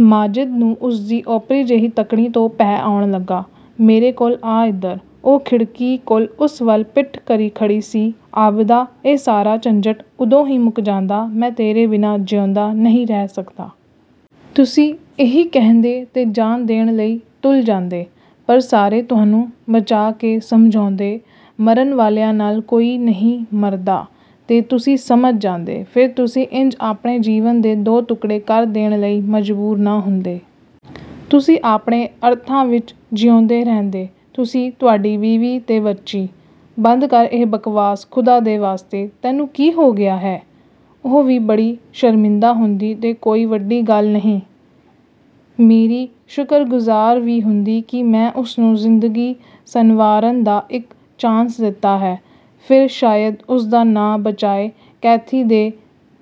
"ਮਾਜਿਦ ਨੂੰ ਉਸਦੀ ਓਪਰੀ-ਜਿਹੀ ਤੱਕਣੀ ਤੋਂ ਭੈ ਆਉਣ ਲੱਗਾ। 'ਮੇਰੇ ਕੋਲ ਆ ਇੱਧਰ!'" ਉਹ ਖਿੜਕੀ ਕੋਲ ਉਸ ਵੱਲ ਪਿੱਠ ਕਰੀ ਖੜ੍ਹੀ ਸੀ। "ਆਬਿਦਾ" "ਇਹ ਸਾਰਾ ਝੰਜਟ ਉਦੋਂ ਹੀ ਮੁੱਕ ਜਾਂਦਾ" "ਮੈਂ ਤੇਰੇ ਬਿਨਾਂ ਜਿਊਂਦਾ ਨਹੀਂ ਰਹਿ ਸਕਦਾ।" "ਤੁਸੀਂ ਇਹੀ ਕਹਿੰਦੇ, ਤੇ ਜਾਨ ਦੇਣ ਲਈ ਤੁਲ ਜਾਂਦੇ। ਪਰ ਸਾਰੇ ਤੁਹਾਨੂੰ ਬਚਾਅ ਕੇ ਸਮਝਾਉਂਦੇ, 'ਮਰਨ ਵਾਲਿਆਂ ਨਾਲ ਕੋਈ ਨਹੀਂ ਮਰਦਾ।' ਤੇ ਤੁਸੀਂ ਸਮਝ ਜਾਂਦੇ। ਫਿਰ ਤੁਸੀਂ ਇੰਜ ਆਪਣੇ ਜੀਵਨ ਦੇ ਦੋ ਟੁਕੜੇ ਕਰ ਦੇਣ ਲਈ ਮਜਬੂਰ ਨਾ ਹੁੰਦੇ। ਤੁਸੀਂ ਆਪਣੇ ਅਰਥਾਂ ਵਿੱਚਜਿਊਂਦੇ ਰਹਿੰਦੇ। ਤੁਸੀਂ, ਤੁਹਾਡੀ ਬੀਵੀ ਤੇ ਬੱਚੀ।" "ਬੰਦ ਕਰ ਇਹ ਬਕਵਾਸ, ਖ਼ੁਦਾ ਦੇ ਵਾਸਤੇ! ਤੈਨੂੰ ਕੀ ਹੋ ਗਿਆ ਹੈ?" "ਉਹ ਵੀ ਬੜੀ ਸ਼ਰਮਿੰਦਾ ਹੁੰਦੀ। ਤੇ ਕੋਈ ਵੱਡੀ ਗੱਲ ਨਹੀਂ, ਮੇਰੀ ਸ਼ੁਕਰਗੁਜ਼ਾਰ ਵੀ ਹੁੰਦੀ ਕਿ ਮੈਂ ਉਸਨੂੰ ਜ਼ਿੰਦਗੀ ਸੰਵਾਰਨ ਦਾ ਇੱਕ ਚਾਂਸ ਦਿੱਤਾ ਹੈ, ਫਿਰ ਸ਼ਾਇਦ ਉਸਦਾ ਨਾਂ ਬਜਾਏ ਕੈਥੀ ਦੇ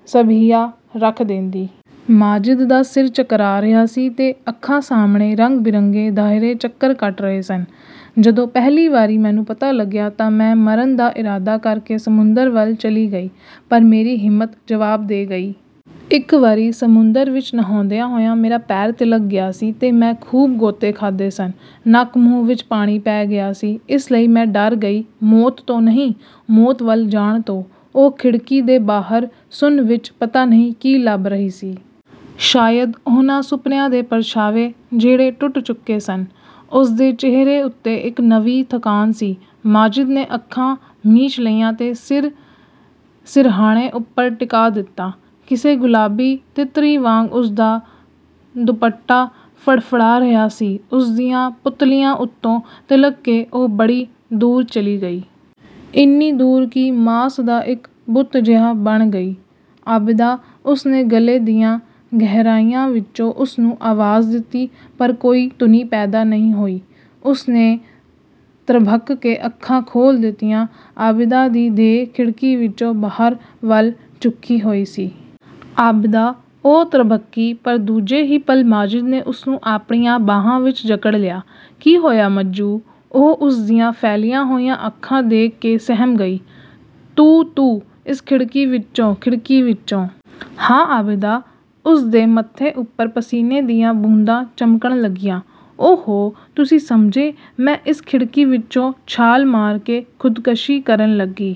ਸਬੀਹਾ ਰੱਖ ਦੇਂਦੀ।" ਮਾਜਿਦ ਦਾ ਸਿਰ ਚਕਰਾ ਰਿਹਾ ਸੀ ਤੇ ਅੱਖਾਂ ਸਾਹਮਣੇ ਰੰਗ-ਬਿਰੰਗੇ ਦਾਇਰੇ ਚੱਕਰ ਕੱਟ ਰਹੇ ਸਨ। "ਜਦੋਂ ਪਹਿਲੀ ਵਾਰੀ ਮੈਨੂੰ ਪਤਾ ਲੱਗਿਆ ਤਾਂ ਮੈਂ ਮਰਨ ਦਾ ਇਰਾਦਾ ਕਰਕੇ ਸਮੁੰਦਰ ਵੱਲ ਚਲੀ ਗਈ, ਪਰ ਮੇਰੀ ਹਿੰਮਤ ਜਵਾਬ ਦੇ ਗਈ। ਇੱਕ ਵਾਰੀ ਸਮੁੰਦਰ ਵਿੱਚ ਨਹਾਉਂਦਿਆਂ ਹੋਇਆਂ ਮੇਰਾ ਪੈਰ ਤਿਲ੍ਹਕ ਗਿਆ ਸੀ ਤੇ ਮੈਂ ਖੂਬ ਗੋਤੇ ਖਾਧੇ ਸਨ, ਨੱਕ-ਮੂੰਹ ਵਿੱਚ ਪਾਣੀ ਪੈ ਗਿਆ ਸੀ। ਇਸ ਲਈ ਮੈਂ ਡਰ ਗਈ, ਮੌਤ ਤੋਂ ਨਹੀਂ, ਮੌਤ ਵੱਲ ਜਾਣ ਤੋਂ" ਉਹ ਖਿੜਕੀ ਦੇ ਬਾਹਰ ਸੁੰਨ ਵਿੱਚ ਪਤਾ ਨਹੀਂ ਕੀ ਲੱਭ ਰਹੀ ਸੀ? ਸ਼ਾਇਦ ਉਹਨਾਂ ਸੁਪਨਿਆਂ ਦੇ ਪਰਛਾਵੇਂ, ਜਿਹੜੇ ਟੁੱਟ ਚੁੱਕੇ ਸਨ। ਉਸਦੇ ਚਿਹਰੇ ਉੱਤੇ ਇੱਕ ਨਵੀਂ ਥਕਾਨ ਸੀ। ਮਾਜਿਦ ਨੇ ਅੱਖਾਂ ਮੀਚ ਲਈਆਂ ਤੇ ਸਿਰ ਸਿਰਹਾਣੇ ਉੱਪਰ ਟਿਕਾ ਦਿੱਤਾ। ਕਿਸੇ ਗੁਲਾਬੀ ਤਿੱਤਰੀ ਵਾਂਗ ਉਸਦਾ ਦੁਪੱਟਾ ਫੜਫੜਾ ਰਿਹਾ ਸੀ, ਉਸਦੀਆਂ ਪੁਤਲੀਆਂ ਉਤੋਂ ਤਿਲ੍ਹਕ ਕੇ ਉਹ ਬੜੀ ਦੂਰ ਚਲੀ ਗਈ। ਇੰਨੀ ਦੂਰ ਕਿ ਮਾਸ ਦਾ ਇੱਕ ਬੁੱਤ ਜਿਹਾ ਬਣ ਗਈ। "ਆਬਿਦਾ" ਉਸਨੇ ਗਲ਼ੇ ਦੀਆਂ ਗਹਿਰਾਈਆਂ ਵਿੱਚੋਂ ਉਸਨੂੰ ਆਵਾਜ਼ ਦਿੱਤੀ, ਪਰ ਕੋਈ ਧੁਨੀ ਪੈਦਾ ਨਹੀਂ ਹੋਈ। ਉਸਨੇ ਤ੍ਰਭਕ ਕੇ ਅੱਖਾਂ ਖੋਲ੍ਹ ਦਿੱਤੀਆਂ। ਆਬਿਦਾ ਦੀ ਦੇਹ ਖਿੜਕੀ ਵਿੱਚੋਂ ਬਾਹਰ ਵੱਲ ਝੁਕੀ ਹੋਈ ਸੀ। "ਆਬਿਦਾ" ਉਹ ਤ੍ਰਭਕੀ। ਪਰ ਦੂਜੇ ਹੀ ਪਲ ਮਾਜਿਦ ਨੇ ਉਸਨੂੰ ਆਪਣੀਆਂ ਬਾਹਾਂ ਵਿੱਚ ਜਕੜ ਲਿਆ। "ਕੀ ਹੋਇਆ ਮੱਜੂ?" ਉਹ ਉਸਦੀਆਂ ਫੈਲੀਆਂ ਹੋਈਆਂ ਅੱਖਾਂ ਦੇਖ ਕੇ ਸਹਿਮ ਗਈ। "ਤੂੰ-ਤੂੰ, ਇਸ ਖਿੜਕੀ ਵਿੱਚੋਂ" "ਖਿੜਕੀ ਵਿੱਚੋਂ?" "ਹਾਂ, ਆਬਿਦਾ," ਉਸਦੇ ਮੱਥੇ ਉੱਪਰ ਪਸੀਨੇ ਦੀਆਂ ਬੂੰਦਾਂ ਚਮਕਣ ਲੱਗੀਆਂ। "ਓ-ਹੋ, ਤੁਸੀਂ ਸਮਝੇ, ਮੈਂ ਇਸ ਖਿੜਕੀ ਵਿੱਚੋਂ ਛਾਲ ਮਾਰ ਕੇ ਖੁਦਕਸ਼ੀ ਕਰਨ ਲੱਗੀ"